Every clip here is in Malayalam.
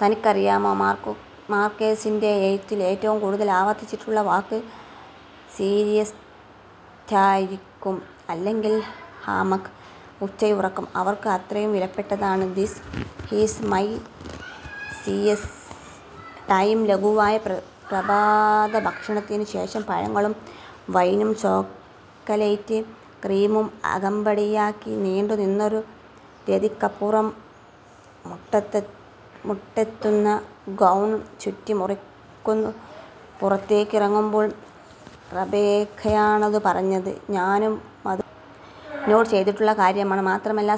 തനിക്കറിയാമോ? മാർക്കേസിന്റെ എഴുത്തിൽ ഏറ്റവും കൂടുതൽ ആവർത്തിച്ചിട്ടുള്ള വാക്ക് സീയസ്റ്റ ആയിരിക്കും. അല്ലെങ്കിൽ ഹാമക്ക്. ഉച്ചയുറക്കം അവർക്ക് അത്രയും വിലപ്പെട്ടതാണ്. ദിസ് ഈസ് മൈ സീയസ്റ്റ ടൈം.ലഘുവായ പ്രഭാതഭക്ഷണത്തിനു ശേഷം പഴങ്ങളും വൈനും ചോക്കലേറ്റ് ക്രീമും അകമ്പടിയാക്കി നീണ്ടുനിന്നൊരു രതിക്കപ്പുറം മുട്ടെത്തുന്ന ഗൗൺ ചുറ്റി മുറിക്കു പുറത്തേക്കിറങ്ങുമ്പോൾ റബേക്കയാണതു പറഞ്ഞത്. ഞാനുമതു നോട്ട് ചെയ്തിട്ടുള്ള കാര്യമാണ്. മാത്രമല്ല,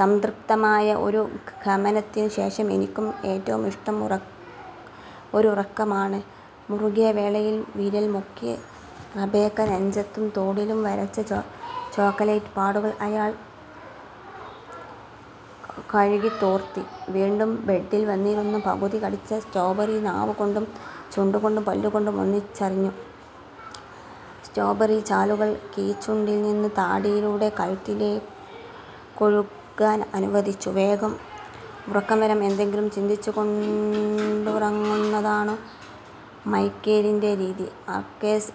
സംതൃപ്തമായ ഒരു ഗമനത്തിനു ശേഷം എനിക്കും ഏറ്റവുമിഷ്ടം ഒരുറക്കമാണ്. മുറുകിയ വേളയിൽ വിരൽ മുക്കി റബേക്ക നെഞ്ചത്തും തോളിലും വരച്ച ചോക്കലേറ്റ് പാടുകൾ അയാൾ കഴുകിത്തോർത്തി. വീണ്ടും ബെഡിൽ വന്നിരുന്ന് പകുതി കടിച്ച സ്ട്രോബറി നാവുകൊണ്ടും ചുണ്ടുകൊണ്ടും പല്ലുകൊണ്ടും ഒന്നിച്ചറിഞ്ഞു. സ്ട്രോബറി ചാലുകൾ കീഴ്ച്ചുണ്ടിൽനിന്ന് താടിയിലൂടെ കഴുത്തിലേക്കൊഴുകാൻ അനുവദിച്ചു. വേഗം ഉറക്കം വരാൻ എന്തെങ്കിലും ചിന്തിച്ചുകൊണ്ടുറങ്ങുന്നതാണു മൈക്കേലിന്റെ രീതി. മാർക്കേസ്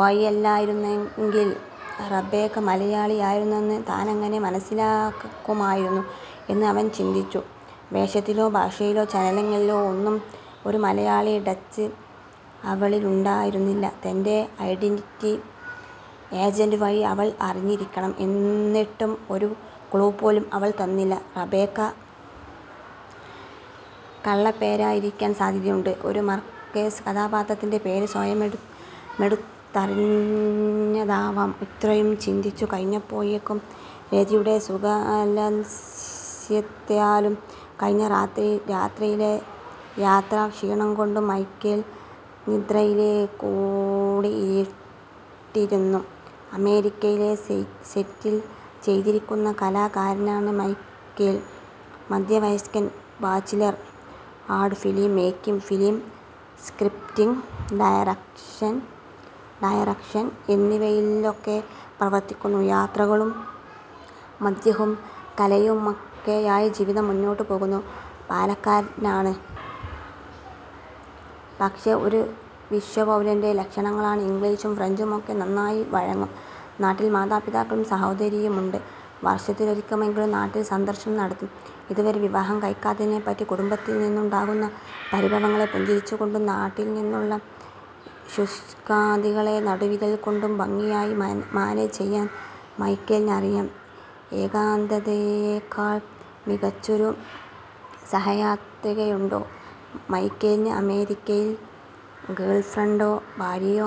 വഴിയല്ലായിരുന്നെങ്കിൽ റബേക്ക മലയാളിയായിരുന്നെന്ന് താനെങ്ങനെ മനസ്സിലാക്കുമായിരുന്നു എന്ന് അവൻ ചിന്തിച്ചു. വേഷത്തിലോ ഭാഷയിലോ ചലനങ്ങളിലോ ഒന്നും ഒരു മലയാളി ടച്ച് അവളിലുണ്ടായിരുന്നില്ല. തന്റെ ഐഡന്റിറ്റി ഏജന്റ് വഴി അവൾ അറിഞ്ഞിരിക്കണം. എന്നിട്ടും ഒരു ക്ലൂ പോലും അവൾ തന്നില്ല. റബേക്ക കള്ളപ്പേരായിരിക്കാൻ സാധ്യതയുണ്ട്. ഒരു മാർക്കേസ് കഥാപാത്രത്തിന്റെ പേര് സ്വയമെടുത്തണിഞ്ഞതാവാം. ഇത്രയും ചിന്തിച്ചുകഴിഞ്ഞപ്പോഴേക്കും രതിയുടെ സുഖാലസ്യത്താലും കഴിഞ്ഞ രാത്രിയിലെ യാത്രാക്ഷീണംകൊണ്ടും മൈക്കേൽ നിദ്രയിലേക്കൂളിയിട്ടിരുന്നു. അമേരിക്കയിൽ സെറ്റിൽ ചെയ്തിരിക്കുന്ന കലാകാരനാണ് മൈക്കേൽ. മധ്യവയസ്കൻ. Bachelor. Ad film making, film scripting, direction എന്നിവയിലൊക്കെ പ്രവർത്തിക്കുന്നു. യാത്രകളും മദ്യവും കലയുമൊക്കെയായി ജീവിതം മുന്നോട്ടുപോകുന്നു. പാലാക്കാരനാണ്, പക്ഷേ ഒരു വിശ്വപൗരന്റെ ലക്ഷണങ്ങളാണ്. ഇംഗ്ലീഷും ഫ്രഞ്ചുമൊക്കെ നന്നായി വഴങ്ങും. നാട്ടിൽ മാതാപിതാക്കളും സഹോദരിയുമുണ്ട്. വർഷത്തിലൊരിക്കലെങ്കിലും നാട്ടിൽ സന്ദർശനം നടത്തും. ഇതുവരെ വിവാഹം കഴിക്കാത്തതിനെപ്പറ്റി കുടുംബത്തിൽനിന്നുണ്ടാകുന്ന പരിഭവങ്ങളെ പുഞ്ചിരികൊണ്ടും നാട്ടിൽനിന്നുള്ള ശുഷ്കാന്തികളെ നടുവിരൽകൊണ്ടും ഭംഗിയായി മാനേജ് ചെയ്യാൻ മൈക്കേലിനറിയാം. ഏകാന്തതയേക്കാൾ മികച്ചൊരു സഹയാത്രികയുണ്ടോ. മൈക്കേലിന് അമേരിക്കയിൽ ഗേൾഫ്രണ്ടോ ഭാര്യയോ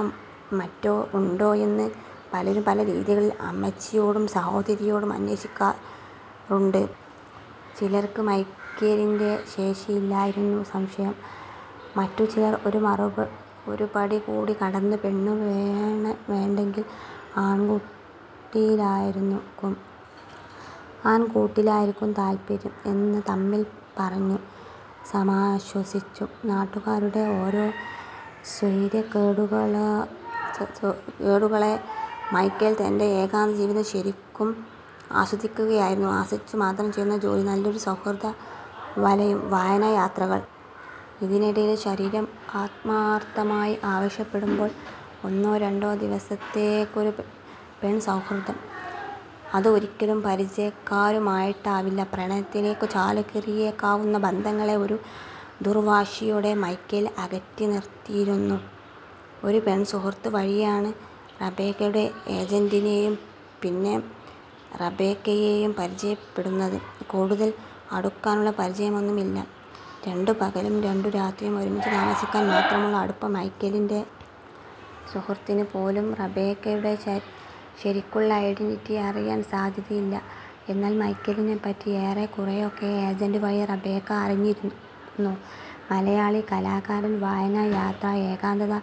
മറ്റോ ഉണ്ടോയെന്ന് പലരും പല രീതികളിൽ അമ്മച്ചിയോടും സഹോദരിയോടും അന്വേഷിക്കാറുണ്ട്. ചിലർക്ക് മൈക്കേലിന്റെ ശേഷിയിലായിരുന്നു സംശയം. മറ്റു ചിലർ ഒരു പടി കൂടി കടന്ന് പെണ്ണു വേണ്ടെങ്കിൽ ആൺകൂട്ടിലായിരിക്കും താൽപര്യം എന്ന് തമ്മിൽ പറഞ്ഞു സമാശ്വസിച്ചു. നാട്ടുകാരുടെ ഓരോ സ്വൈര്യക്കേടുകളേ. മൈക്കേൽ തന്റെ ഏകാന്തജീവിതം ശരിക്കും ആസ്വദിക്കുകയായിരുന്നു. ആസ്വദിച്ചു മാത്രം ചെയ്യുന്ന ജോലി, നല്ലൊരു സൗഹൃദവലയം, വായന, യാത്രകൾ. ഇതിനിടയിൽ ശരീരം ആത്മാർത്ഥമായി ആവശ്യപ്പെടുമ്പോൾ ഒന്നോ രണ്ടോ ദിവസത്തേക്കൊരു പെൺസൗഹൃദം. അത് ഒരിക്കലും പരിചയക്കാരുമായിട്ടാവില്ല. പ്രണയത്തിലേക്കു ചാലുകീറിയേക്കാവുന്ന ബന്ധങ്ങളെ ഒരു ദുർവാശിയോടെ മൈക്കേൽ അകറ്റിനിർത്തിയിരുന്നു. ഒരു പെൺസുഹൃത്ത് വഴിയാണ് റബേക്കയുടെ ഏജന്റിനെയും പിന്നെ റബേക്കയെയും പരിചയപ്പെടുന്നത്. കൂടുതൽ അടുക്കാനുള്ള പരിചയമൊന്നുമില്ല. രണ്ടു പകലും രണ്ടു രാത്രിയും ഒരുമിച്ചു താമസിക്കാൻ മാത്രമുള്ള അടുപ്പം. മൈക്കേലിന്റെ സുഹൃത്തിനുപോലും റബേക്കയുടെ ശരിക്കുള്ള ഐഡന്റിറ്റി അറിയാൻ സാധ്യതയില്ല. എന്നാൽ മൈക്കേലിനെപ്പറ്റി ഏറെക്കുറെയൊക്കെ ഏജന്റ് വഴി റബേക്ക അറിഞ്ഞിരുന്നു. മലയാളി, കലാകാരൻ, വായന, യാത്ര, ഏകാന്തത.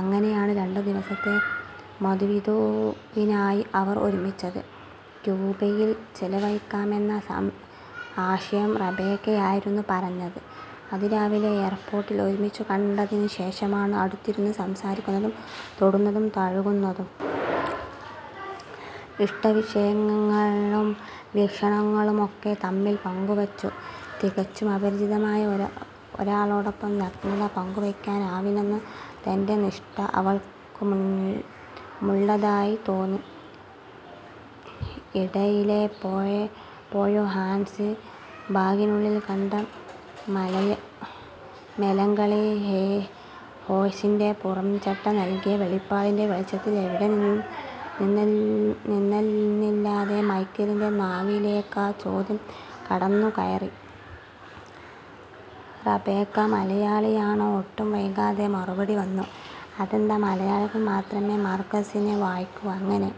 അങ്ങനെയാണ് രണ്ടു ദിവസത്തെ മധുവിധുവിനായി അവർ ഒരുമിച്ചത്. ക്യൂബയിൽ ചെലവഴിക്കാമെന്ന ആശയം റബേക്കയായിരുന്നു പറഞ്ഞത്. അതിരാവിലെ എയർപോർട്ടിൽ ഒരുമിച്ചു കണ്ടതിനു ശേഷമാണ് അടുത്തിരുന്ന് സംസാരിക്കുന്നതും തൊടുന്നതും തഴുകുന്നതും. ഇഷ്ടവിഷയങ്ങളും വീക്ഷണങ്ങളുമൊക്കെ തമ്മിൽ പങ്കുവെച്ചു. തികച്ചും അപരിചിതയായ ഒരാളോടൊപ്പം നഗ്നത പങ്കുവയ്ക്കാനാവില്ലെന്ന തന്റെ നിഷ്ഠ അവൾക്കുമുള്ളതായി തോന്നി. ഇടയിലെപ്പോഴോ ഹാൻഡ് ബാഗിനുള്ളിൽ കണ്ട മെലങ്കളി ഹോഴ്സിന്റെ പുറംചട്ട നൽകിയ വെളിപാടിന്റെ വെളിച്ചത്തിൽ എവിടെ നിന്നെന്നില്ലാതെ മൈക്കേലിന്റെ നാവിലേക്കാ ചോദ്യം നടന്നുകയറി. റബേക്ക മലയാളിയാണോ? ഒട്ടും വൈകാതെ മറുപടി വന്നു. അതെന്താ, മലയാളികൾ മാത്രമേ മാർക്കേസിനെ വായിക്കൂ. അങ്ങനെ